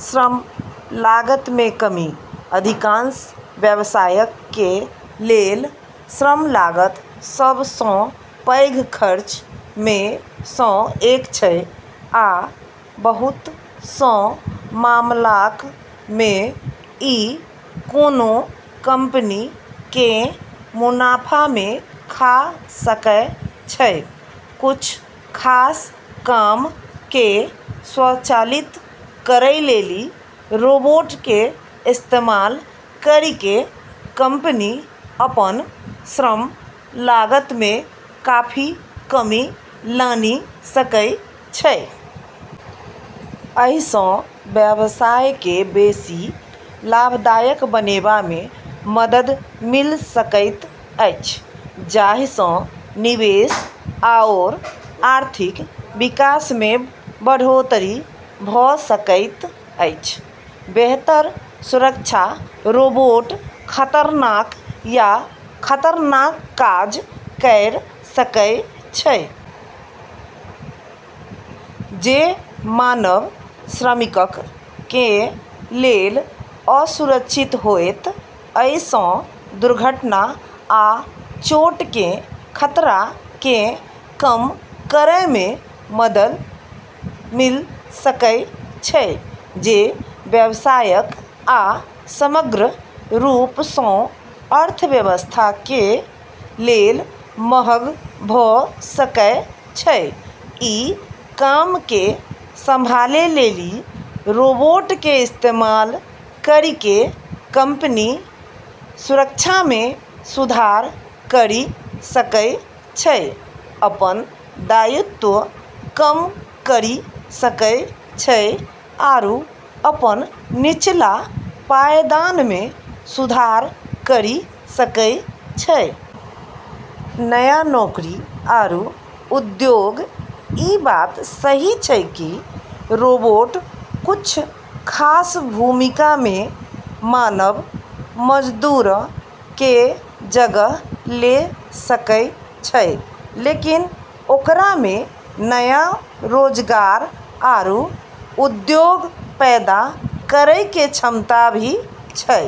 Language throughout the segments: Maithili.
श्रम लागत मे कमी अधिकांश व्यवसायक कें लेल श्रम लागत सब सं पैघ खर्च मे सं एक छै आ बहुत सं मामलाक मे इ कोनों कंपनी कें मुनाफा मे खा सकय छै, कुछ खास काम क॑ स्वचालित करै लेली रोबोट के इस्तेमाल करी के कंपनी अपनऽ श्रम लागत मे काफी कमी लानी सकै छै। एहि सं व्यवसाय के बेसि लाभदायक बनेबा मे मदद मिल सकैत अछि जाहि सं निवेश आओर आर्थिक विकास मे बढ़ोतरी भ सकैत अछि, बेहतर सुरक्षा रोबोट खतरनाक या खतरनाक काज कयर सकय छै जे मानव श्रमिकक कें लेल असुरक्षित होयत, अइ सं दुर्घटना आ चोट कें खतरा कें कम करय मे मदद मिल सकय छै, जे व्यवसायक आ समग्र रूप सं अर्थव्यवस्था कें लेल महग भ सकय छै, ई काम के संभाले लेली रोबोट के इस्तेमाल करी के कंपनी सुरक्षा मे सुधार करी सकै छै, अपनऽ दायित्व कम करी सकै छै आरू अपनऽ निचला पायदान मे सुधार करी सकै छै। नया नौकरी आरू उद्योग ई बात सही छै कि रोबोट कुछ खास भूमिका मे मानव मजदूरऽ के जगह ले सकै छै लेकिन ओकरा मे नया रोजगार आरू उद्योग पैदा करै के क्षमता भी छै।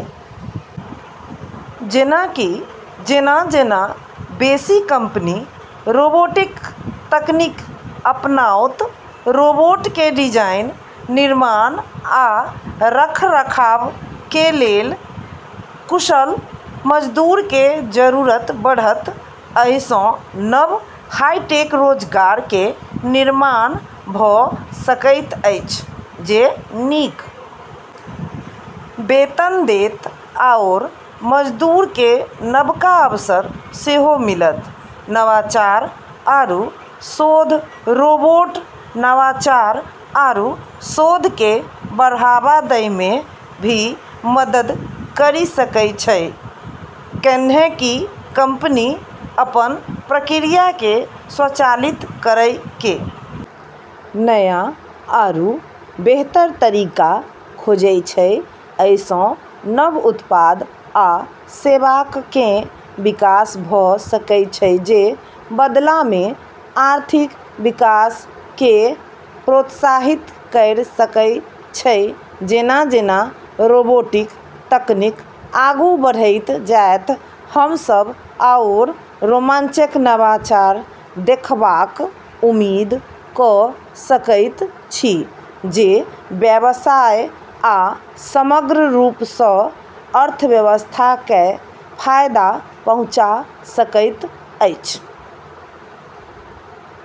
जेना कि जेना-जेना बेसी कंपनी रोबोटिक तकनीक अपनाओत, रोबोट के डिजाइन, निर्माण आ रखरखाव के लेल कुशल मजदूर के जरूरत बढ़त, एहि सं नव हाईटेक रोजगार के निर्माण भ सकैत अछि जे नीक वेतन देत आओर मजदूर के नवका अवसर सेहो मिलत, नवाचार आरू शोध रोबोट नवाचार आरू शोध के बढ़ावा दै मे भी मदद करी सकै छै, कैन्हेंकि कंपनी अपनऽ प्रक्रिया के स्वचालित करै के नया आरू बेहतर तरीका खोजै छै, अइ सं नव उत्पाद आ सेवाक कें विकास भ सकय छै जे बदला मे आर्थिक विकास कें प्रोत्साहित कयर सकय छै जेना-जेना रोबोटिक तकनीक आगू बढ़ैत जायत, हम सब आओर रोमांचक नवाचार देखबाक उम्मीद क सकैत छी जे व्यवसाय आ समग्र रूप स अर्थव्यवस्था कए फायदा पहुंचा सकैत अछि।